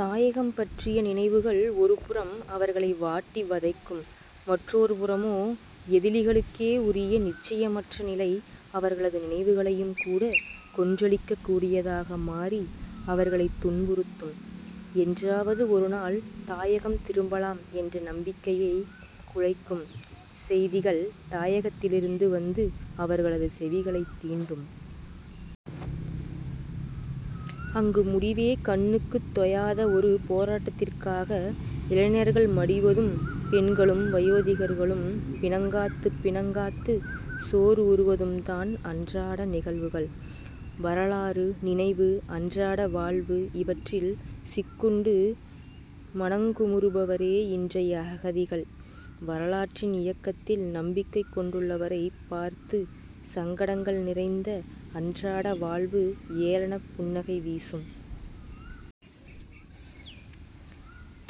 தாயகம் பற்றிய நினைவுகள் ஒருபுறம் அவர்களை வாட்டி வதைக்கும். மற்றோர் புறமோ எதிலிகளுக்கே உரிய நிச்சயமற்ற நிலை அவர்களது நினைவுகளையும் கூட கொன்றழிக்கக் கூடியதாக மாறி அவர்களைத் துன்புறுத்தும். என்றாவது ஒருநாள் தாயகம் திரும்பலாம் என்ற நம்பிக்கையைக் குலைக்கும் செய்திகள் தாயகத்திலிருந்து வந்து, அவர்களது செவிகளைத் தீண்டும். அங்கு முடிவே கண்ணுக்குத் தொயாத ஒரு போராட்டத்திற்காக இளைஞர்கள் மடிவதும் பெண்களும் வயோதிகர்களும் பிணங்காத்துப் பிணங்காத்துச் சோர்வுறுவதும்தான் அன்றாட நிகழ்வுகள். வரலாறு, நினைவு, அன்றாட வாழ்வு இவற்றில் சிக்குண்டு மனங்குமுறுபவரே இன்றைய அகதிகள். வரலாற்றின் இயக்கத்தில் நம்பிக்கை கொண்டுள்ளவரைப் பார்த்து சங்கடங்கள் நிறைந்த அன்றாட வாழ்வு ஏளனப் புன்னகை வீசும்.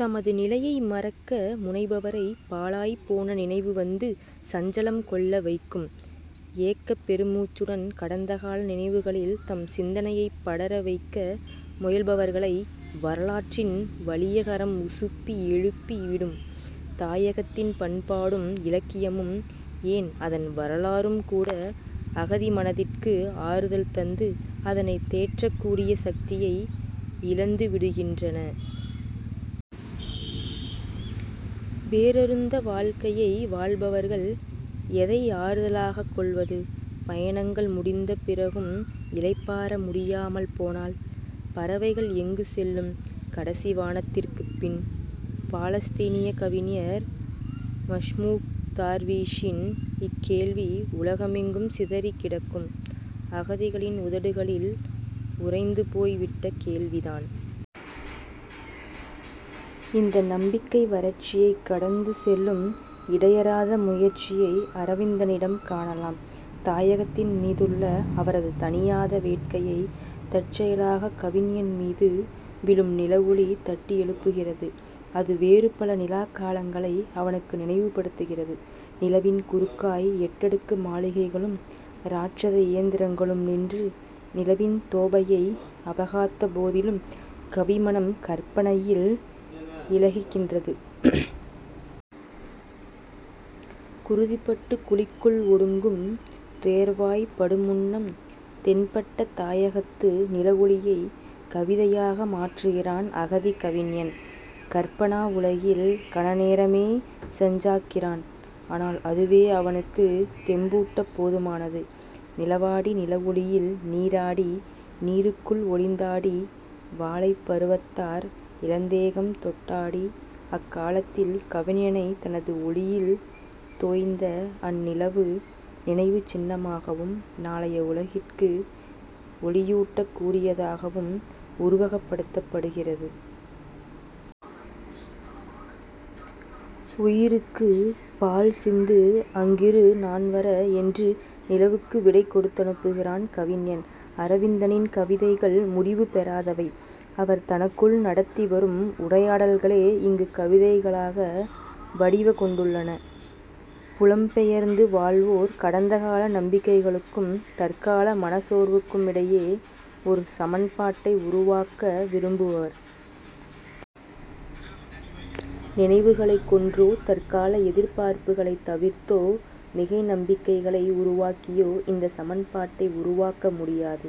தமது நிலையை மறக்க முனைபவரைப் பாழாய்ப் போன நினைவு வந்து சஞ்சலம் கொள்ள வைக்கும். ஏக்கப் பெருமூச்சுடன் கடந்தகால நினைவுகளில் தம் சிந்தனையைப் படர வைக்க முயல்பவர்களை வரலாற்றின் வலிய கரம் உசுப்பி எழுப்பி விடும். தாயகத்தின் பண்பாடும் இலக்கியமும், ஏன் அதன் வரலாறும் கூட, அகதி மனத்திற்கு ஆறுதல் தந்து அதனைத் தேற்றக்கூடிய சக்தியை இழந்து விடுகின்றன. வேரறுந்த வாழ்க்கையை வாழ்பவர்கள் எதை ஆறுதலாகக் கொள்வது? பயணங்கள் முடிந்த பிறகும் இளைப்பாற முடியாமல் போனால்? "பறவைகள் எங்கு செல்லும், கடைசி வானத்திற்குப் பின்? " பாலஸ்தீனியக் கவிஞர் மஹ்மூக் தார்வீஷின் இக்கேள்வி உலகமெங்கும் சிதறிக் கிடக்கும் அகதிகளின் உதடுகளில் உறைந்து போய் விட்ட கேள்விதான். இந்த நம்பிக்கை வறட்சியைக் கடந்து செல்லும் இடையறாத முயற்சியை அரவிந்தனிடம் காணலாம். தாயகத்தின் மீதுள்ள அவரது தணியாத வேட்கையை, தற்செயலாகக் கவிஞன் மீது விழும் நிலவொளி தட்டியெழுப்புகிறது. அது வேறுபல நிலாக் காலங்களை அவனுக்கு நினைவுபடுத்துகிறது. "நிலவின் குறுக்காய்" எட்டடுக்கு மாளிகைகளும் இராட்சத இயந்திரங்களும் நின்று நிலவின் தோபையை அபகாத்த போதிலும் கவி மனம் கற்பனையில் இலயிக்கின்றது. 'குருதிபட்டு குழிக்குள் ஒடுங்கும் துயர்வாய்ப் படுமுன்னம்' தென்பட்ட தாயகத்து நிலவொளியைக் கவிதையாக மாற்றுகிறான் அகதிக் கவிஞன். கற்பனா உலகில் கண நேரமே சஞ்சாக்கிறான். ஆனால் அதுவே அவனுக்குத் தெம்பூட்டப் போதுமானது: நிலவாடி நிலவொளியில் நீராடி நீருக்குள் ஒளிந்தாடி வாலைப் பருவத்தார் இளந்தேகம் தொட்டாடி அக்காலத்தில் கவிஞனை தனது ஒளியில் 'தோய்ந்த' அந்நிலவு, நினைவுச் சின்னமாகவும் நாளைய உலகிற்கு ஒளியூட்டக் கூடியதாகவும் உருவகப்படுத்தப்படுகிறது. உயிருக்கு பால் சிந்து அங்கிரு நான் வர..... என்று நிலவுக்கு விடை கொடுத்தனுப்புகிறான் கவிஞன். அரவிந்தனின் கவிதைகள் முடிவு பெறாதவை. அவர் தனக்குள் நடத்தி வரும் உரையாடல்களே இங்கு கவிதைகளாக வடிவங் கொண்டுள்ளன. புலம் பெயர்ந்து வாழ்வோர் கடந்தகால நம்பிக்கைகளுக்கும் தற்கால மனச்சோர்வுக்குமிடையே ஒரு சமன்பாட்டை உருவாக்க விரும்புவர். நினைவுகளைக் கொன்றோ, தற்கால எதிர்பார்ப்புகளைத் தவிர்த்தோ, மிகை நம்பிக்கைகளை உருவாக்கியோ இந்தச் சமன்பாட்டை உருவாக்க முடியாது.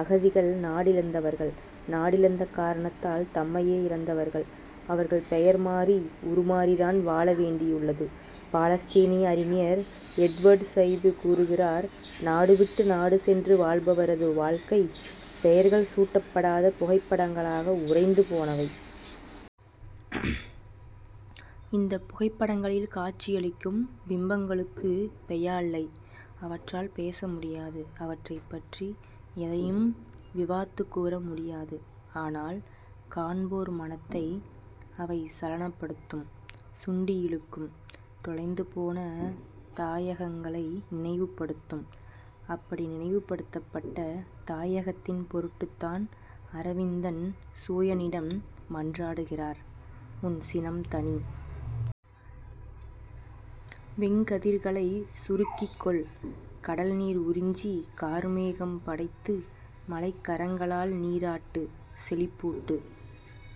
அகதிகள் நாடிழந்தவர்கள்; நாடிழந்த காரணத்தால் தம்மையே இழந்தவர்கள். அவர்கள் பெயர் மாறி, உருமாறித்தான் வாழ வேண்டியுள்ளது. பாலஸ்தீனிய அறிஞர் எட்வர்ட் சய்து கூறுகிறார்: நாடு விட்டு நாடு சென்று வாழ்பவரது வாழ்க்கை, பெயர்கள் சூட்டப்படாத புகைப்படங்களாக உறைந்து போனவை. இந்தப் புகைப்படங்களில் காட்சியளிக்கும் பிம்பங்களுக்குப் பெயால்லை. அவற்றால் பேச முடியாது. அவற்றைப் பற்றி எதையும் விவாத்துக் கூற முடியாது. ஆனால் காண்போர் மனத்தை அவை சலனப்படுத்தும் சுண்டியிழுக்கும். தொலைந்துபோன தாயகங்களை நினைவுபடுத்தும். அப்படி நினைவுபடுத்தப்பட்ட தாயகத்தின் பொருட்டுத் தான் அரவிந்தன் சூயனிடம் மன்றாடுகிறார், உன் சினம் தணி! வெங்கதிர்களை சுருக்கிக் கொள்! கடல் நீர் உறிஞ்சி கார்மேகம் படைத்து மழைக்கரங்களால் நீராட்டு, செழிப்பூட்டு,